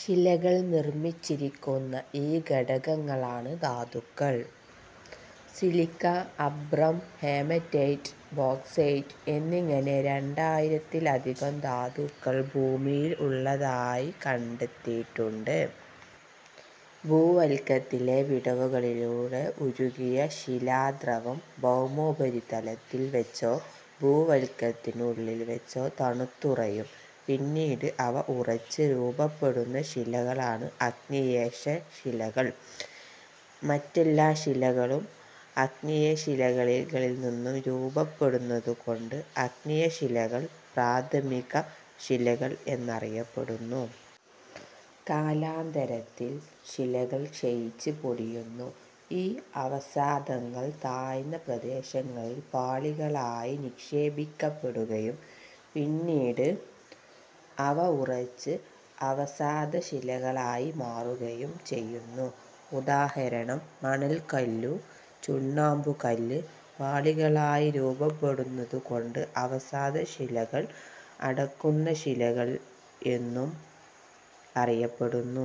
ശിലകൾ നിർമ്മിച്ചിരിക്കുന്ന ഈ ഘടകങ്ങളാണ് ധാതുക്കൾ. സിലിക്ക, അഭ്രം, ഹേമറ്റൈറ്റ്, ബോക്സൈറ്റ് എന്നിങ്ങനെ രണ്ടായിരത്തിലധികം ധാതുക്കൾ ഭൂമിയിൽ ഉള്ളതായി കണ്ടെത്തിയിട്ടുണ്ട്. ഭൂവൽക്കത്തിലെ വിടവുകളിലൂടെ ഉരുകിയ ശിലാദ്രവം ഭൗമോപരിതലത്തിൽ വച്ചോ ഭൂവല്ക്കത്തിനുള്ളിൽ വച്ചോ തണുത്തുറയും പിന്നീട് അവ ഉറച്ച് രൂപപ്പെടുന്ന ശിലകളാണ് ആഗ്നേയശിലകൾ. മറ്റെല്ലാ ശിലകളും ആഗ്നേയ ശിലകൾക്കളിൽ നിന്നും രൂപപ്പെടുന്നതുകൊണ്ട് ആഗ്നേയശിലകൾ പ്രാഥമിക ശിലകൾ എന്നറിയപ്പെടുന്നു. കാലാന്തരത്തിൽ ശിലകൾ ക്ഷയിച്ച് പൊടിയുന്നു. ഈ അവസാദങ്ങൾ താഴ്ന്ന പ്രദേശങ്ങളിൽ പാളികളായി നിക്ഷേപിക്കപ്പെടുകയും പിന്നീട് അവ ഉറച്ച് അവസാദ ശിലകളായി മാറുകയും ചെയ്യുന്നു. ഉദാഹരണം: മണൽകല്ലു, ചുണ്ണാമ്പുകല്ല്. പാളികളായി രൂപപ്പെടുന്നതുകൊണ്ടു അവസാദശിലകൾ അടുക്കു ശിലകൾ എന്നും അറിയപ്പെടുന്നു.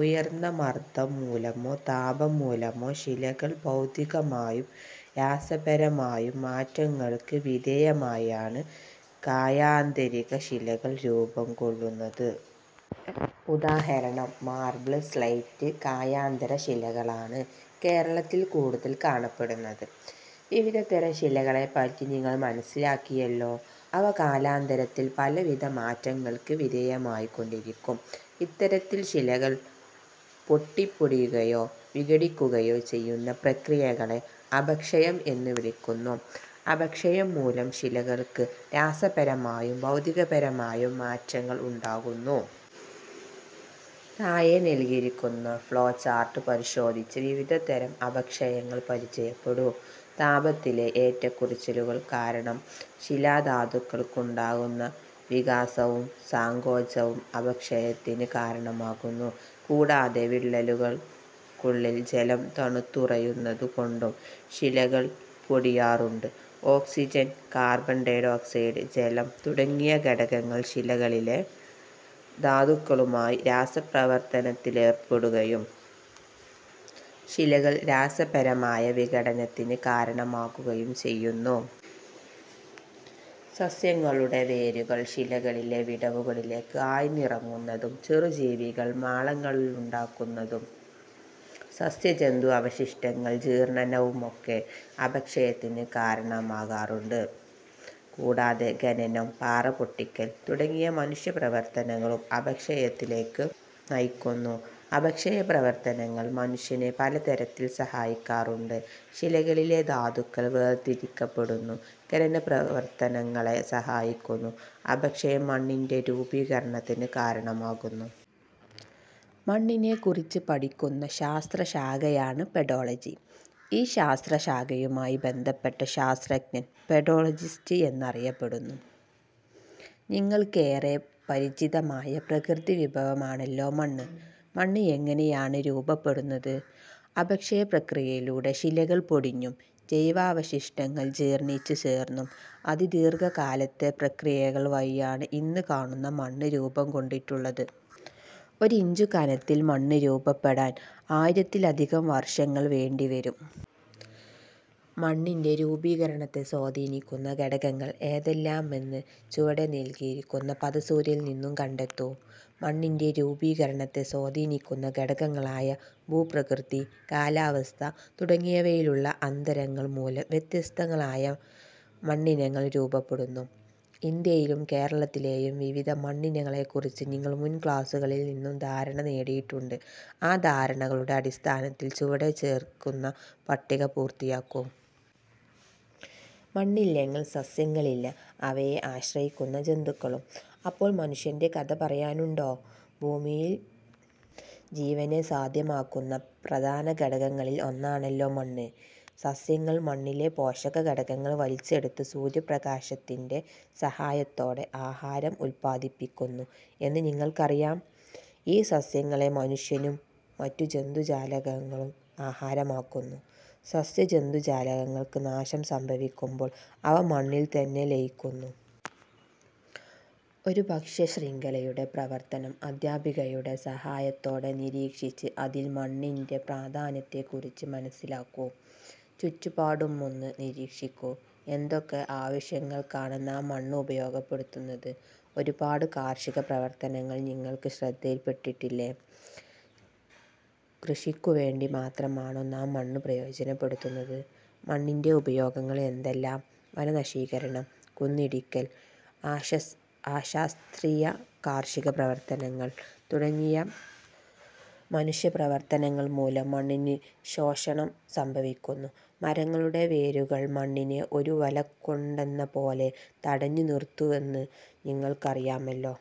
ഉയർന്ന മർദം മൂലമോ താപം മൂലമോ ശിലകൾ ഭൗതികമായും രാസപരമായും മാറ്റങ്ങൾക്ക് വിധേയമായാണ് കായാന്തരിത ശിലകൾ രൂപം കൊള്ളുന്നത്. ഉദാ: മാർബിൾ, സ്ലേറ്റ്. കായാന്തര ശിലകളാണ് കേരളത്തിൽ കൂടുതൽ കാണപ്പെടുന്നത്. വിവിധതരം ശിലകളെപ്പറ്റി നിങ്ങൾ മനസ്സിലാക്കിയല്ലോ. അവ കാലാന്തരത്തിൽ പലവിധ മാറ്റങ്ങൾക്ക് വിധേയമായിക്കൊണ്ടിരിക്കും. ഇത്തരത്തിൽ ശിലകൾ പൊട്ടിപ്പൊടിയുകയോ വിഘടിക്കുകയോ ചെയ്യുന്ന പ്രക്രിയകളെ അപക്ഷയം എന്നു വിളിക്കുന്നു. അപക്ഷയം മൂലം ശിലകൾക്ക് രാസപരമായും ഭൗതികമായും മാറ്റങ്ങൾ ഉണ്ടാകുന്നു. താഴെ നൽകിയിരിക്കുന്ന ഫ്ളോ ചാർട്ട് പരിശോധിച്ച് വിവിധ തരം അപക്ഷയങ്ങൾ പരിചയപ്പെടൂ. താപത്തിലെ ഏറ്റക്കുറച്ചിലുകൾ കാരണം ശിലാ ധാതുക്കൾക്കുണ്ടാകുന്ന വികാസവും സങ്കോചവും അപക്ഷയത്തിന് കാരണമാകുന്നു. കൂടാതെ വിള്ളലു കൾക്കുള്ളിൽ ജലം തണുത്തുറയുന്നതു കൊണ്ടും ശിലകൾ പൊടിയാറുണ്ട്. ഓക്സിജൻ, കാർബൺ ഡയോക്സൈഡ്, ജലം തുടങ്ങിയ ഘടകങ്ങൾ ശിലകളിലെ ധാതുക്കളുമായി രാസപ്രവർത്തനത്തിലേർപ്പെടുകയും ശിലകളിൽ രാസപരമായ വിഘടനത്തിന് കാരണമാവുകയും ചെയ്യുന്നു. സസ്യങ്ങളുടെ വേരുകൾ ശിലകളിലെ വിടവുകളിലേക്ക് ആഴ്ന്നിറങ്ങുന്നതും ചെറുജീവികൾ മാളങ്ങളുണ്ടാക്കുന്നതും സസ്യജന്തു അവശിഷ്ടങ്ങളുടെ ജീർണ്ണനവുമൊക്കെ അപക്ഷയത്തിന് കാരണമാകാറുണ്ട്. കൂടാതെ ഖനനം, പാറ പൊട്ടിക്കൽ തുടങ്ങിയ മനുഷ്യപ്രവർത്തനങ്ങളും അപക്ഷയത്തിലേക്ക് നയിക്കുന്നു. അപക്ഷയപ്രവർത്തനങ്ങൾ മനുഷ്യനെ പലതരത്തിൽ സഹായിക്കാറുണ്ട്. ശിലകളിലെ ധാതുക്കൾ വേർതിരിക്കപ്പെടുന്നു. ഖനനപ്രവർത്തനങ്ങളെ സഹായിക്കുന്നു. അപക്ഷയം മണ്ണിന്റെ രൂപീകരണത്തിന് കാരണമാകുന്നു. മണ്ണിനെക്കുറിച്ച് പഠിക്കുന്ന ശാസ്ത്രശാഖയാണ് പെഡോളജി. ഈ ശാസ്ത്ര ശാഖയുമായി ബന്ധപ്പെട്ട ശാസ്ത്രജ്ഞൻ പെഡോളജിസ്റ്റ് എന്നറിയപ്പെടുന്നു. നിങ്ങൾക്കേറെ പരിചിതമായ പ്രകൃതിവിഭവമാണല്ലോ മണ്ണ്. മണ്ണ് എങ്ങനെയാണ് രൂപപ്പെടുന്നത്? അപക്ഷയ പ്രക്രിയയിലൂടെ ശിലകൾ പൊടിഞ്ഞും ജൈവാവശിഷ്ടങ്ങൾ ജീർണിച്ചു ചേർന്നും അതിദീർഘകാലത്തെ പ്രക്രിയകൾ വഴിയാണ് ഇന്ന് കാണുന്ന മണ്ണ് രൂപംകൊണ്ടിട്ടുള്ളത്. ഒരിഞ്ചു കനത്തിൽ മണ്ണ് രൂപപ്പെടാൻ ആയിരത്തിലധികം വർഷങ്ങൾ വേണ്ടിവരും. മണ്ണിന്റെ രൂപീകരണത്തെ സ്വാധീനിക്കുന്ന ഘടകങ്ങൾ ഏതെല്ലാമെന്ന് ചുവടെ നൽകിയിരിക്കുന്ന പദസൂര്യനിൽനിന്നും കണ്ടെത്തൂ. മണ്ണിന്റെ രൂപീകരണത്തെ സ്വാധീനിക്കുന്ന ഘടകങ്ങളായ ഭൂപ്രകൃതി, കാലാവസ്ഥ തുടങ്ങിയവയിലുള്ള അന്തരങ്ങൾ മൂലം വ്യത്യസ്തങ്ങളായ മണ്ണിനങ്ങൾ രൂപപ്പെടുന്നു. ഇന്ത്യയിലെയും കേരളത്തിലെയും വിവിധ മണ്ണിനങ്ങളെക്കുറിച്ച് നിങ്ങൾ മുൻക്ലാസ്സുകളിൽ നിന്നും ധാരണ നേടിയിട്ടുണ്ട്. ആ ധാരണകളുടെ അടിസ്ഥാനത്തിൽ ചുവടെ ചേർക്കുന്ന പട്ടിക പൂർത്തിയാക്കൂ. മണ്ണില്ലെങ്കിൽ സസ്യങ്ങളില്ല അവയെ ആശ്രയിക്കുന്ന ജന്തുക്കളും. അപ്പോൾ മനുഷ്യന്റെ കഥ പറയാനുണ്ടോ? ഭൂമിയിൽ ജീവനെ സാധ്യമാക്കുന്ന പ്രധാന ഘടകങ്ങളിൽ ഒന്നാണല്ലോ മണ്ണ്. സസ്യങ്ങൾ മണ്ണിലെ പോഷകഘടകങ്ങൾ വലിച്ചെടുത്ത് സൂര്യപ്രകാശത്തിന്റെ സഹായത്തോടെ ആഹാരം ഉല്പാദിപ്പിക്കുന്നു എന്ന് നിങ്ങൾക്കറിയാം. ഈ സസ്യങ്ങളെ മനുഷ്യനും മറ്റു ജന്തുജാലങ്ങളും ആഹാരമാക്കുന്നു. സസ്യജന്തുജാലങ്ങൾക്ക് നാശം സംഭവിക്കുമ്പോൾ അവ മണ്ണിൽ തന്നെ ലയിക്കുന്നു. ഒരു ഭക്ഷ്യശൃംഖലയുടെ പ്രവർത്തനം അധ്യാപികയുടെ സഹായത്തോടെ നിരീക്ഷിച്ച് അതിൽ മണ്ണിന്റെ പ്രാധാന്യത്തെക്കുറിച്ച് മനസ്സിലാക്കൂ. ചുറ്റുപാടുമൊന്ന് നിരീക്ഷിക്കൂ. എന്തൊക്കെ ആവശ്യങ്ങൾക്കാണ് നാം മണ്ണ് ഉപയോഗപ്പെടുത്തുന്നത്? ഒരുപാട് കാർഷിക പ്രവർത്തനങ്ങൾ നിങ്ങളുടെ ശ്രദ്ധയിൽപ്പെട്ടില്ലേ? കൃഷിക്കുവേണ്ടി മാത്രമാണോ നാം മണ്ണ് പ്രയോജനപ്പെടുത്തുന്നത്? മണ്ണിന്റെ ഉപയോഗങ്ങൾ എന്തെല്ലാം? വനനശീകരണം, കുന്നിടിക്കൽ, അശാസ്ത്രീയ കാർഷിക പ്രവർത്തനങ്ങൾ തുടങ്ങിയ മനുഷ്യപ്രവർത്തനങ്ങൾ മൂലം മണ്ണിന് ശോഷണം സംഭവിക്കുന്നു. മരങ്ങളുടെ വേരുകൾ മണ്ണിനെ ഒരു വലകൊണ്ടെന്നപോലെ തടഞ്ഞുനിർത്തുന്നുവെന്ന് നിങ്ങൾക്കറിയാമല്ലോ.